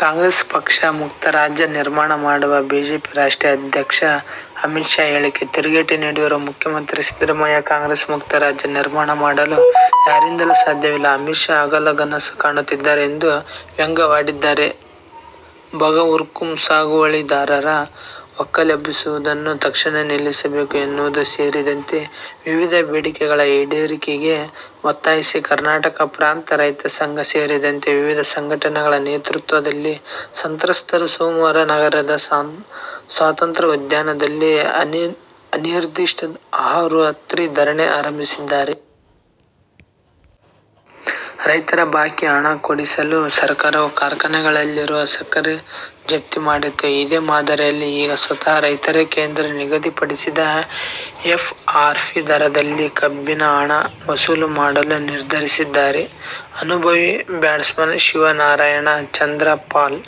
ಕಾಂಗ್ರೆಸ್ ಪಕ್ಷ ಮುಕ್ತ ರಾಜ್ಯ ನಿರ್ಮಾಣ ಮಾಡುವ ಬಿಜೆಪಿ ರಾಷ್ಟ್ರೀಯ ಅದ್ಯಕ್ಷ ಅಮಿತ್ ಶಾ ಹೇಳಿಕೆ ತಿರುಗೇಟು ನೀಡಿರುವ ಮುಖ್ಯಮಂತ್ರಿ ಸಿದ್ದರಾಮಯ್ಯ, ಕಾಂಗ್ರೆಸ್ ಮುಕ್ತ ರಾಜ್ಯ ನಿರ್ಮಾಣ ಮಾಡಲು ಯಾರಿಂದಲೂ ಸಾಧ್ಯವಿಲ್ಲ. ಅಮಿತ್ ಶಾ ಹಗಲು ಗನಸು ಕಾಣುತ್ತಿದ್ದಾರೆ ಎಂದು ವ್ಯಂಗ್ಯವಾಡಿದ್ದಾರೆ. ಬಗರ್ಹುಕುಂ ಸಾಗುವಳಿದಾರರ ಒಕ್ಕಲೆಬ್ಬಿಸುವುದನ್ನು ತಕ್ಷಣ ನಿಲ್ಲಿಸಬೇಕು ಎನ್ನುವುದು ಸೇರಿದಂತೆ ವಿವಿಧ ಬೇಡಿಕೆಗಳ ಈಡೇರಿಕೆಗೆ ಒತ್ತಾಯಿಸಿ ಕರ್ನಾಟಕ ಪ್ರಾಂತ ರೈತ ಸಂಘ ಸೇರಿದಂತೆ ವಿವಿಧ ಸಂಘಟನೆಗಳ ನೇತೃತ್ವದಲ್ಲಿ ಸಂತ್ರಸ್ತರು ಸೋಮವಾರ ನಗರದ ಸ್ವಾತಂತ್ರ್ಯ ಉದ್ಯಾನದಲ್ಲಿ ಅನಿರ್ದಿಷ್ಟ ಅಹೋರಾತ್ರಿ ಧರಣಿ ಆರಂಭಿಸಿದ್ದಾರೆ. ರೈತರ ಬಾಕಿ ಹಣ ಕೊಡಿಸಲು ಸರ್ಕಾರವು ಕಾರ್ಖಾನೆಗಳಲ್ಲಿರುವ ಸಕ್ಕರೆ ಜಪ್ತಿ ಮಾಡಿತ್ತು. ಇದೇ ಮಾದರಿಯಲ್ಲಿ ಈಗ ಸ್ವತಃ ರೈತರೇ ಕೇಂದ್ರ ನಿಗದಿಪಡಿಸಿದ ಎಫ್ಆರ್ಪಿ ದರದಲ್ಲಿ ಕಬ್ಬಿನ ಹಣ ವಸೂಲು ಮಾಡಲು ನಿರ್ಧರಿಸಿದ್ದಾರೆ. ಅನುಭವಿ ಬ್ಯಾಟ್ಸ್ಮನ್ ಶಿವನಾರಾಯಣ್ ಚಂದರ್ಪಾಲ್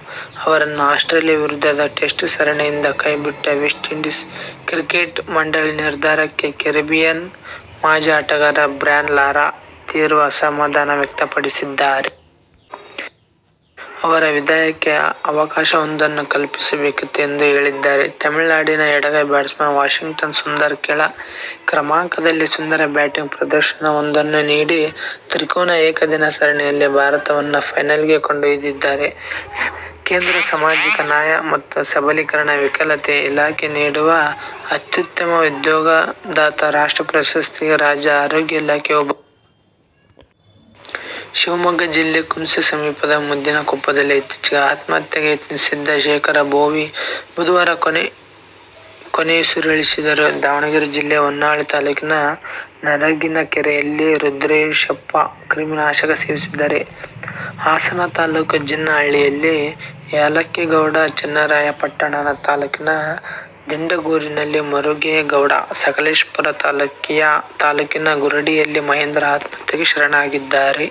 ಅವರನ್ನು ಆಸ್ಟ್ರೇಲಿಯ ವಿರುದ್ಧದ ಟೆಸ್ಟ್ ಸರಣಿಯಿಂದ ಕೈಬಿಟ್ಟ ವೆಸ್ಟ್ ಇಂಡೀಸ್ ಕ್ರಿಕೆಟ್ ಮಂಡಳಿ ನಿರ್ಧಾರಕ್ಕೆ ಕೆರಿಬಿಯನ್ನ ಮಾಜಿ ಆಟಗಾರ ಬ್ರ್ಯಾನ್ ಲಾರಾ ತೀವ್ರ ಅಸಮಾಧಾನ ವ್ಯಕ್ತಪಡಿಸಿದ್ದಾರೆ. ಅವರ ವಿದಾಯಕ್ಕೆ ಅವಕಾಶವೊಂದನ್ನು ಕಲ್ಪಿಸಬೇಕಿತ್ತು ಎಂದು ಹೇಳಿದ್ದಾರೆ. ತಮಿಳುನಾಡಿನ ಎಡಗೈ ಬ್ಯಾಟ್ಸ್ಮನ್ ವಾಷಿಂಗ್ಟನ್ ಸುಂದರ್ ಕೆಳ ಕ್ರಮಾಂಕದಲ್ಲಿ ಸುಂದರ ಬ್ಯಾಟಿಂಗ್ ಪ್ರದರ್ಶನವೊಂದನ್ನು ನೀಡಿ ತ್ರಿಕೋನ ಏಕದಿನ ಸರಣಿಯಲ್ಲಿ ಭಾರತವನ್ನು ಫೈನಲಿಗೆ ಕೊಂಡೊಯ್ದಿದ್ದಾರೆ. ಕೇಂದ್ರ ಸಮಾಜಿಕ ನ್ಯಾಯ ಮತ್ತು ಸಬಲೀಕರಣ ವಿಕಲತೆ ಇಲಾಖೆ ನೀಡುವ "ಅತ್ಯುತ್ತಮ ಉದ್ಯೋಗದಾತ ರಾಷ್ಟ್ರ ಪ್ರಶಸ್ತಿಗೆ' ರಾಜ್ಯ ಆರೋಗ್ಯ ಇಲಾಖೆಯು ಭಾಜನವಾಗಿದೆ. ಶಿವಮೊಗ್ಗ ಜಿಲ್ಲೆ ಕುಂಸಿ ಸಮೀಪದ ಮುದ್ದಿನಕೊಪ್ಪದಲ್ಲಿ ಇತ್ತೀಚೆಗೆ ಆತ್ಮಹತ್ಯೆಗೆ ಯತ್ನಿಸಿದ್ದ ಶೇಖರ ಬೋವಿ ಬುಧವಾರ ಕೊನೆಯುಸಿರೆಳೆದರು. ದಾವಣಗೆರೆ ಜಿಲ್ಲೆ ಹೊನ್ನಾಳಿ ತಾಲೂಕಿನ ನರಗಿನಕೆರೆಯಲ್ಲಿ ರುದ್ರೇಶಪ್ಪ ಕ್ರಿಮಿನಾಶಕ ಸೇವಿಸಿದ್ದಾರೆ. ಹಾಸನ ತಾಲೂಕು ಜಿನ್ನಹಳ್ಳಿಯಲ್ಲಿ ಯಾಲಕ್ಕಿಗೌಡ, ಚನ್ನರಾಯಪಟ್ಟನ ತಾಲೂಕಿನ ದಿಂಡಗೂರಿನಲ್ಲಿ ಮರುಗೇಗೌಡ, ಸಕಲೇಶಪುರ ತಾಲೂಕಿನ ಗುರುಡಿಯಲ್ಲಿ ಮಹೇಂದ್ರ ಆತ್ಮಹತ್ಯೆಗೆ ಶರಣಾಗಿದ್ದಾರೆ.